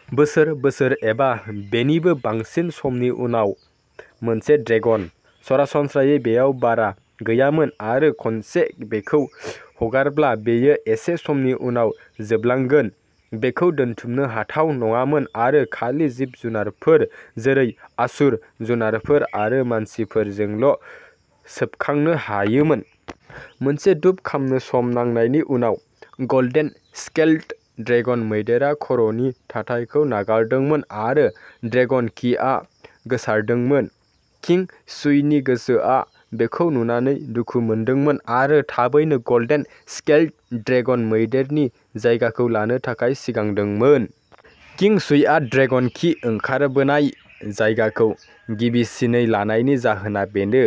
, बोसोर, बोसोर, एबा बेनिबो बांसिन समनि उनाव मोनसे ड्रेगन। सरासनस्रायै बेयाव बारा गैयामोन आरो खनसे बेखौ हगारब्ला, बेयो एसे समनि उनाव जोबलांगोन। बेखौ दोनथुमनो हाथाव नङामोन आरो खालि जिब-जुनारफोर जेरै आसुर जुनारफोर आरो मानसिफोरजोंल'सोबखांनो हायोमोन। मोनसे धूप खामनो सम नांनायनि उनाव, गल्डेन स्केल्ड ड्रेगन मैदेरआ खर'नि थाथायखौ नागारदोंमोन आरो ड्रेगन किआ गोसारदोंमोन। किं शुईनि गोसोआ बेखौ नुनानै दुखु मोनदोंमोन आरो थाबैनो गल्डेन स्केल्ड ड्रेगन मैदेरनि जायगाखौ लानो थाखाय सिगांदोंमोन। किं शुईआ ड्रेगन कि ओंखारबोनाय जायगाखौ गिबिसिनै लानायनि जाहोना बेनो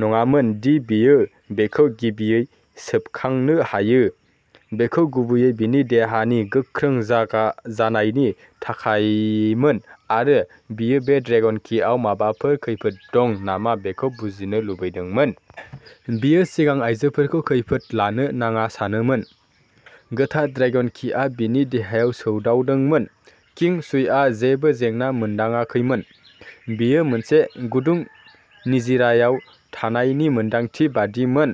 नङामोन दि बियो बेखौ गिबियै सोबखांनो हायो। बेयो गुबैयै बिनि देहानि गोख्रों जागा जानायनि थाखायमोन आरो बियो बे ड्रेगन किआव माबाफोर खैफोद दं नामा बेखौ बुजिनो लुबैदोंमोन। बियो सिगां आयजोफोरखौ खैफोद लानो नाङा सानोमोन। गोथार ड्रेगन किआ बिनि देहायाव सौदावदोंमोन। किं शुईआ जेबो जेंना मोनदांङाखैमोन। बेयो मोनसे गुदुं निजिरायाव थानायनि मोनदांथि बायदिमोन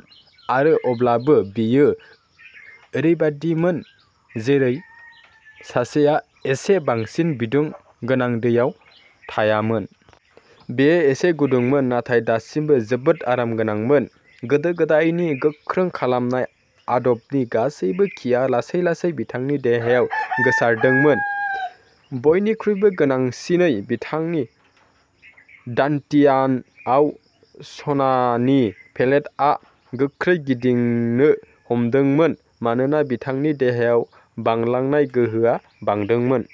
आरो अब्लाबो बेयो ओरैबायदिमोन जेरै सासेआ एसे बांसिन बिदुं गोनां दैयाव थायामोन। बेयो एसे गुदुंमोन नाथाय दासिमबो जोबोद आरामगोनांमोन। गोदो गोदायनि गोख्रों खालामनाय आदबनि गासैबो किआ लासै-लासै बिथांनि देहायाव गोसारदोंमोन। बयनिख्रुइबो गोनांसिनै, बिथांनि दान्टियानआव सनानि पेलेटआ गोख्रै गिदिंनो हमदोंमोन मानोना बिथांनि देहायाव बांलांनाय गोहोआ बांदोंमोन।